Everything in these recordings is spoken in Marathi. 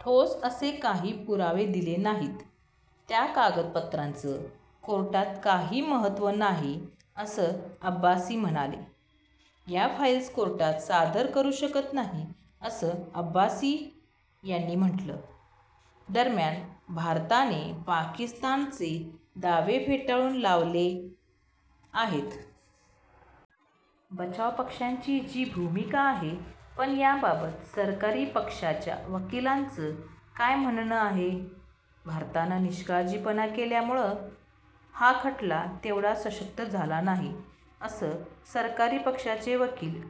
ठोस असे काही पुरावे दिले नाहीत. त्या कागदपत्रांचं कोर्टात काही महत्त्व नाही असं अब्बासी म्हणाले. या फाइल्स कोर्टात सादर करू शकत नाही असं अब्बासी यांनी म्हटलं. दरम्यान भारताने पाकिस्तानचे दावे फेटाळून लावले आहेत. बचाव पक्षांची जी भूमिका आहे. पण याबाबत सरकारी पक्षाच्या वकिलांचं काय म्हणणं आहे? भारतानं निष्काळजीपणा केल्यामुळं हा खटला तेवढा सशक्त झाला नाही असं सरकारी पक्षाचे वकील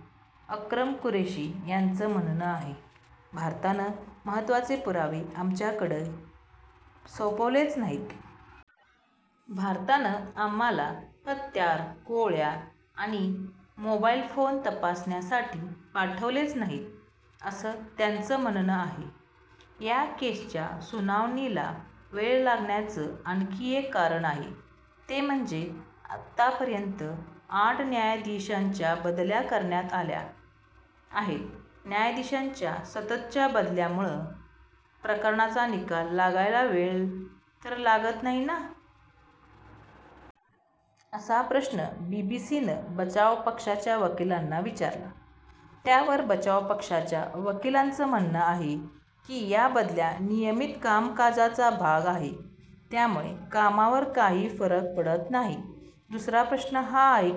अक्रम कुरेशी यांचं म्हणणं आहे. भारतानं महत्त्वाचे पुरावे आमच्याकडं सोपवलेच नाहीत. भारतानं आम्हाला हत्यारं, गोळ्या आणि मोबाइल फोन तपासण्यासाठी पाठवलेच नाहीत असं त्यांचं म्हणणं आहे. या केसच्या सुनावणीला वेळ लागण्याचं आणखी एक कारण आहे. ते म्हणजे आतापर्यंत आठ न्यायाधीशांच्या बदल्या करण्यात आल्या आहेत. न्यायाधीशांच्या सततच्या बदल्यांमुळं प्रकरणाचा निकाल लागायला वेळ तर लागत नाही ना? असा प्रश्न बीबीसीनं बचाव पक्षाच्या वकिलांना विचारला. त्यावर बचाव पक्षाच्या वकिलांचं म्हणणं आहे, की या बदल्या नियमित कामकाजाचा भाग आहेत. त्यामुळं कामावर काही फरक पडत नाही. दुसरा प्रश्न हा आहे,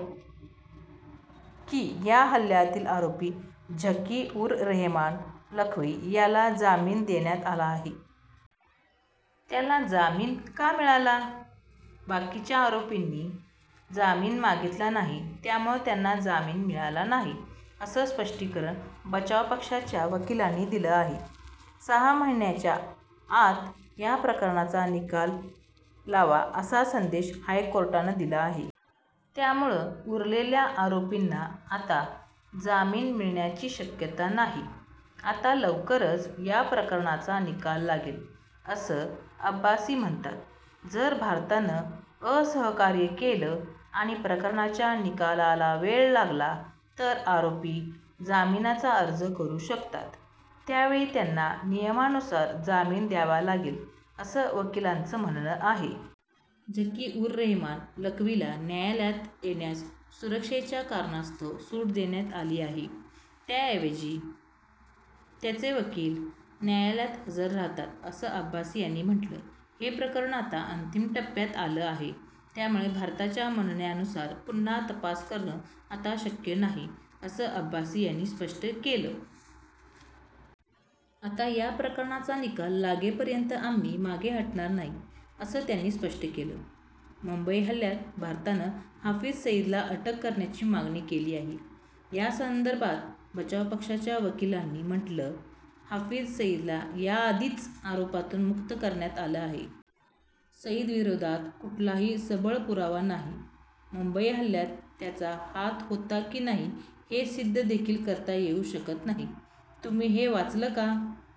की या हल्ल्यातील आरोपी झकी-उर-रेहमान लखवी याला जामीन देण्यात आला आहे. त्याला जामीन का मिळाला? बाकीच्या आरोपींनी जामीन मागितला नाही. त्यामुळं त्यांना जामीन मिळाला नाही असं स्पष्टीकरण बचाव पक्षाच्या वकिलांनी दिलं आहे. सहा महिन्यांच्या आत या प्रकरणाचा निकाल लावा असा आदेश हायकोर्टानं दिला आहे. त्यामुळं उरलेल्या आरोपींना आता जामीन मिळण्याची शक्यता नाही. आता लवकरच या प्रकरणाचा निकाल लागेल असं अब्बासी म्हणतात. जर भारतानं असहकार्य केलं आणि प्रकरणाच्या निकालाला वेळ लागला तर आरोपी जामीनाचा अर्ज करू शकतात. त्यावेळी त्यांना नियमानुसार जामीन द्यावा लागेल असं वकिलांचं म्हणणं आहे. झकी-उर-रेहमान लखवीला न्यायालयात येण्यास सुरक्षेच्या कारणास्तव सूट देण्यात आली आहे. त्याऐवजी त्याचे वकील न्यायालयात हजर राहतात असं अब्बासी यांनी म्हटलं. हे प्रकरण आता अंतिम टप्प्यात आलं आहे, त्यामुळं भारताच्या म्हणण्यानुसार पुन्हा तपास करणं आता शक्य नाही असं अब्बासी यांनी स्पष्ट केलं. आता या प्रकरणाचा निकाल लागेपर्यंत आम्ही मागे हटणार नाही असं त्यांनी स्पष्ट केलं. मुंबई हल्ल्यात भारतानं हाफिज सईदला अटक करण्याची मागणी केली आहे. या संदर्भात बचाव पक्षाच्या वकिलांनी म्हटलं हाफिज सईदला याआधीच आरोपातून मुक्त करण्यात आलं आहे. सईदविरोधात कुठलाही सबळ पुरावा नाही. मुंबई हल्ल्यात त्याचा हात होता की नाही हे सिद्ध देखील करता येऊ शकत नाही. तुम्ही हे वाचलं का?